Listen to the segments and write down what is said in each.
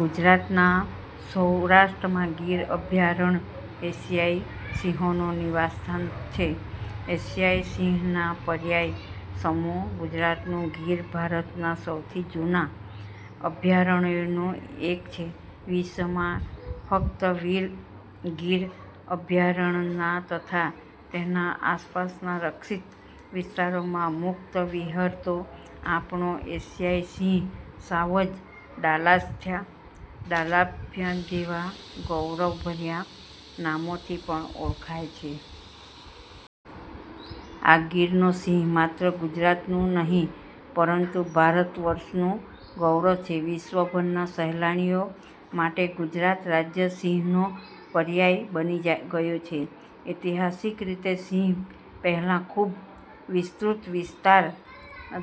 ગુજરાતના સૌરાષ્ટ્રમાં ગીર અભ્યારણ્ય એશિયાઇ સિંહોનું નિવાસ સ્થાન છે. એશિયાઇ સિંહનાં પર્યાય સમું ગુજરાતનું ગીર, ભારતનાં સૌથી જુના અભ્યારણ્યોમાંનું એક છે, વિશ્વમાં ફકત ગીર અભયારણ્યમાં તથા તેના આસપાસનાં રક્ષિત વિસ્તારોમાં મુકત વિહરતો આપણો એશિયાઇ સિંહ, સાવજ, ડાલાથ્થા જેવા ગૌરવભર્યા નામોથી પણ ઓળખાય છે. આ ગીરનો સિંહ માત્ર ગુજરાતનું નહીં, પરંતુ ભારત વર્ષનું ગૌરવ છે. વિશ્વભરનાં સહેલાણીઓ માટે ગુજરાત રાજય સિંહનો પર્યાય બની ગયો છે. ઐતિહાસીક રીતે સિંહ પહેલા ખુબ વિસ્તૃત વિસ્તાર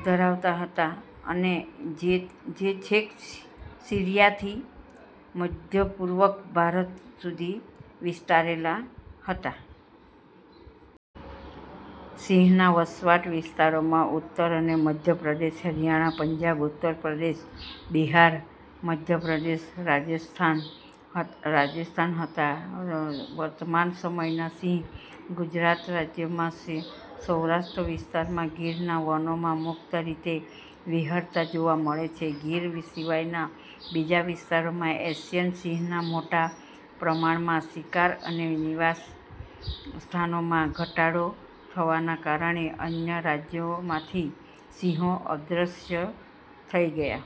ધરાવતા હતા અને તે છેક સિરીયાથી મધ્યપૂર્વ ભારત સુધી વિસ્તરેલા હતાં. સિંહના વસવાટ વિસ્તારોમાં ઉત્તર અને મધ્યભારત, હરીયાણા, પંજાબ, ઉત્તરપ્રદેશ, બિહાર, મધ્યપ્રદેશ, રાજસ્થાન પણ હતા. વર્તમાન સમયમાં સિંહ ગુજરાત રાજયનાં સૌરાષ્ટ્ર વિસ્તારમાં ગીરનાં વનોમાં મુકત રીતે વિહરતા જોવા મળે છે. ગીર સિવાયનાં બીજા વિસ્તારોમાં એશિયાઈ સિંહનાં મોટા પ્રમાણમાં શિકાર અને નિવાસ સ્થાનોમાં ઘટાડો થવાનાં કારણે અન્ય રાજયોમાંથી સિંહો અદ્રશ્ય થઇ ગયા.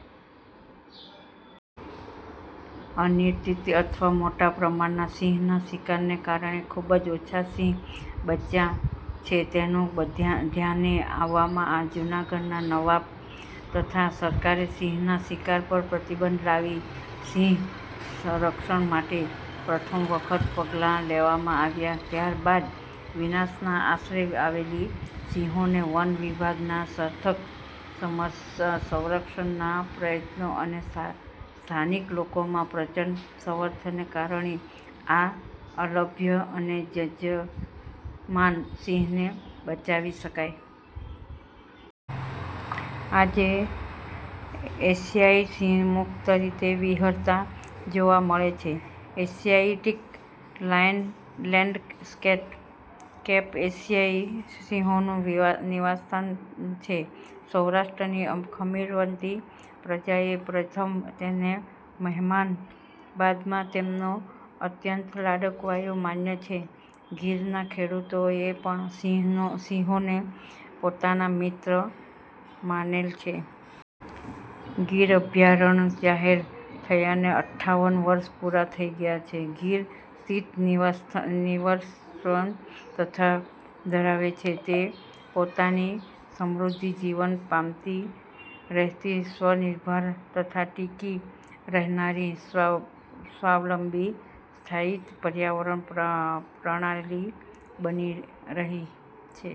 અનિયંત્રિત અને મોટા પ્રમાણમાં સિંહનાં શિકારને કારણે ખુબજ ઓછા સિંહ બચ્યા છે, તેવું ધ્યાને આવવામાં જુનાગઢનાં નવાબ તથા સરકારે સિંહનાં શિકાર પર પ્રતિબંધ લાવી સિંહ સંરક્ષણ માટે પ્રથમ વખત પગલા લેવામાં આવ્યાં. ત્યાર બાદ વિનાશનાં આરે આવેલ સિંહોને વન વિભાગનાં સાર્થક સંરક્ષણનાં પ્રયત્નો અને સ્થાનિક લોકોના પ્રચંડ સમર્થનને કારણે આ અલભ્ય અને જજરમાન સિંહને બચાવી શકયા. આજે એશિયાઇ સિંહ મુકત રીતે વિહરતા જોવા મળે છે. એશિયાટીક લાયન લેન્ડસ્કેપ, એશિયાઇ સિંહોનું નિવાસ સ્થાન છે, સૌરાષ્ટ્રની ખમીરવંતી પ્રજાએ પ્રથમ તેને મહેમાન, બાદમાં તેમનો અત્યંત લાડકવાયો માન્યો છે. ગીરનાં ખેડૂતોએ પણ સિંહોને પોતાના મિત્ર માનેલ છે. ગીર અભ્યારણ્ય જાહેર થયાને અઠ્ઠાવન વર્ષ પુરા થઈ ગયા છે. ગીર સ્થિર નિવસન તંત્ર ધરાવે છે જે પોતાની સમૃધ્ધ જીવન પામતી રહેતી સ્વનિર્ભર તથા ટકી રહેનારી સ્વાવલંબી સ્થાપી પર્યાવરણ પ્રણાલી બની રહ્યુ છે.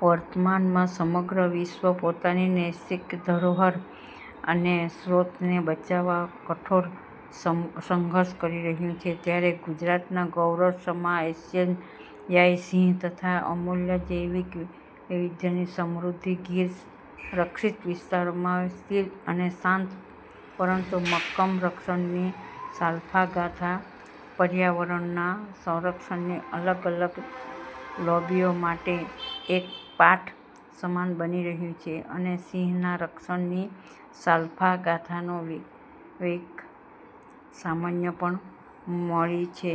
વર્તમાનમાં સમગ્ર વિશ્વ પોતાની નૈસર્ગિક ધરોહર અને સ્રોતોને બચાવવા કઠોર સંઘર્ષ કરી રહ્યું છે, ત્યારે ગુજરાતનાં ગૌરવ સમા એશિયાઇ સિંહ તથા અમુલ્ય જૈવિક વૈવિધ્યથી સમૃધ્ધ ગીર રક્ષિત વિસ્તારનાં સ્થિર અને શાંત પરંતુ મકકમ સંરક્ષણની સાફલ્યગાથા પર્યાવરણનાં સંરક્ષણની અલગ-અલગ લોબીઓ માટે એક પાઠ સમાન બની રહ્યું છે અને સિંહનાં સંરક્ષણની સાફલ્ય ગાથાને વૈશ્વિક માન્યતા પણ મળી છે.